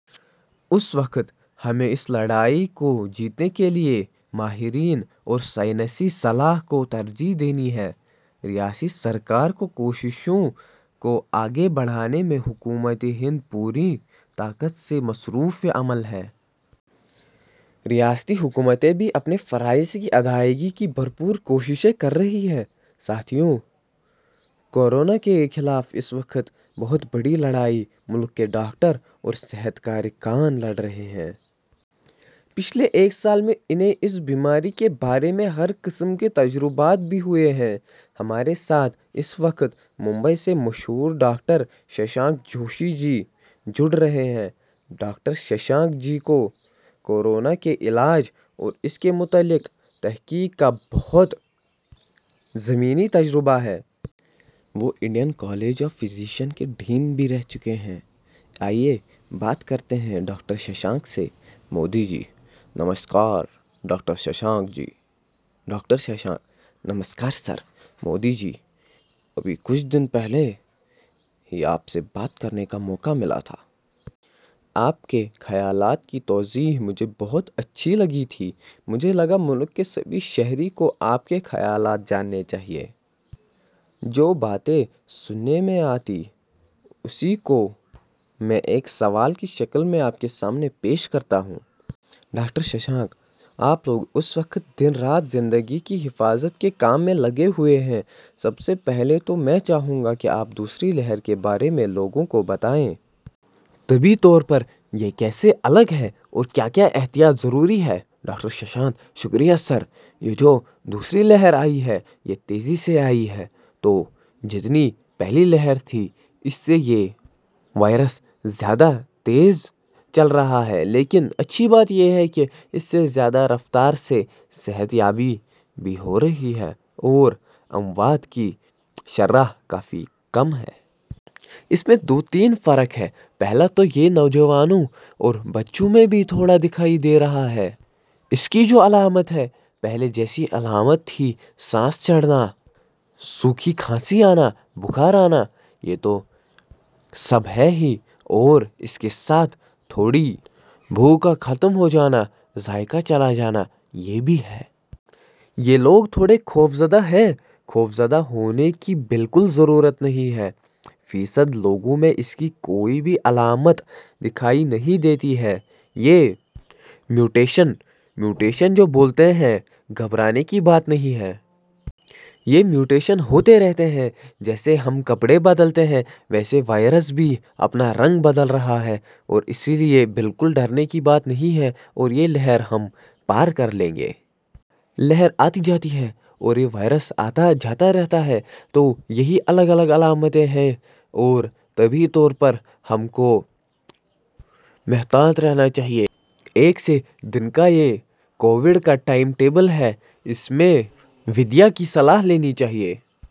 اس وقت ، ہمیں اس لڑائی کو جیتنے کے لیے، ماہرین اور سائنسی صلاح کو ترجیح دینی ہے۔ ریاستی سرکار کی کوششوں کو آگے بڑھانے میں حکومت ہند پوری طاقت سے مصروف عمل ہے۔ ریاستی حکومتیں بھی اپنے فرائض کی ادائیگی کی بھر پور کوششیں کر رہی ہیں۔ ساتھیو، کو رونا کے خلاف اس وقت بہت بڑی لڑائی ملک کے ڈاکٹر اور صحت کارکنان لڑ رہے ہیں۔ پچھلے ایک سال میں انہیں اس بیماری کے بارے میں ہر قسم کے تجربات بھی ہوئے ہیں۔ ہمارے ساتھ، اس وقت ، ممبیٔ سے مشہور ڈاکٹر ششانک جوشی جی جڑ رہے ہیں۔ ڈاکٹر ششانک جی کو کو رونا کے علاج اور اس سے متعلق تحقیق کا بہت زمینی تجربہ ہے۔ وہ انڈین کالج آف فیزیسین کے ڈین بھی رہ چکے ہیں۔ آئیے بات کرتے ہیں ڈاکٹر ششانک سے :- مودی جی – نمسکار ڈاکٹر ششانک جی ڈاکٹر ششانک – نمسکار سر۔ مودی جی – ابھی کچھ دن پہلے ہی آپ سے بات کرنے کا موقع ملا تھا۔ آپکے خیالات کی توضیح مجھے بہت اچھی لگی تھی۔ مجھے لگا ملک کے سبھی شہری کو آپ کے خیالات جاننے چاہیئے۔ جو باتیں سننے میں آتی اسی کو میں ایک سوال کی شکل میں آپکے سامنے پیش کرتا ہوں۔ ڈاکٹر ششانک – آپ لوگ اس وقت دن رات زندگی کی حفاظت کے کام میں لگے ہوئے ہیں، سب سے پہلے تو میں چاہونگا کہ آپ دوسری لہر کے بارے میں لوگوں کو بتائیں۔ طبی طور پر یہ کیسے الگ ہے اور کیا کیا احتیاط ضروری ہے۔ ڈاکٹر ششانک – شکریہ سر، یہ جو دوسری لہر آئی ہے۔ یہ تیزی سے آئی ہے، تو جتنی پہلی لہر تھی اس سے یہ وائرس زیادہ تیز چل رہا ہے، لیکن اچھی بات یہ ہے کہ اس سے زیادہ رفتار سےصحت یابی بھی ہو رہی ہے اور اموات کی شرح کافی کم ہے۔ اس میں دو تین فرق ہے، پہلا تو یہ نوجوانوں میں اور بچوں میں بھی تھوڑا دکھائی دے رہا ہے۔ اسکی جو علامت ہے، پہلے جیسی علامت تھی سانس چڑھنا، سوکھی کھانسی آنا، بخار آنا یہ تو سب ہے ہی اور اسکے ساتھ تھوڑی بو کا ختم ہو جانا، ذائقہ چلا جانا یہ بھی ہے۔ اور لوگ تھوڑے خوفزدہ ہیں۔ خوفزدہ ہونے کی بالکل ضرورت نہیں ہے۔ - فیصد لوگوں میں اس کی کوئی بھی علامت دکھائی نہیں دیتی ہے، یہ میوٹیشن – میوٹیشن جو بولتے ہیں، گھبرانے کی بات نہیں ہے۔ یہ میوٹیشن ہوتے رہتے ہیں جیسے ہم کپڑے بدلتے ہیں ویسے وائرس بھی اپنا رنگ بدل رہا ہے اور اسلئے بالکل ڈرنے کی بات نہیں ہے اور یہ لہر ہم پار کر لیں گے۔ لہرآتی جاتی ہے، اور یہ وائرس آتاجاتا رہتا ہے تو یہی الگ الگ علامتیں ہیں ہے اور طبی طور پر ہم کو محتاط رہنا چاہیئے۔ ایک سے دن کا یہ کووڈ کا ٹائم ٹیبل ہے اس میں ویدیہ کی صلاح لینی چاہیے۔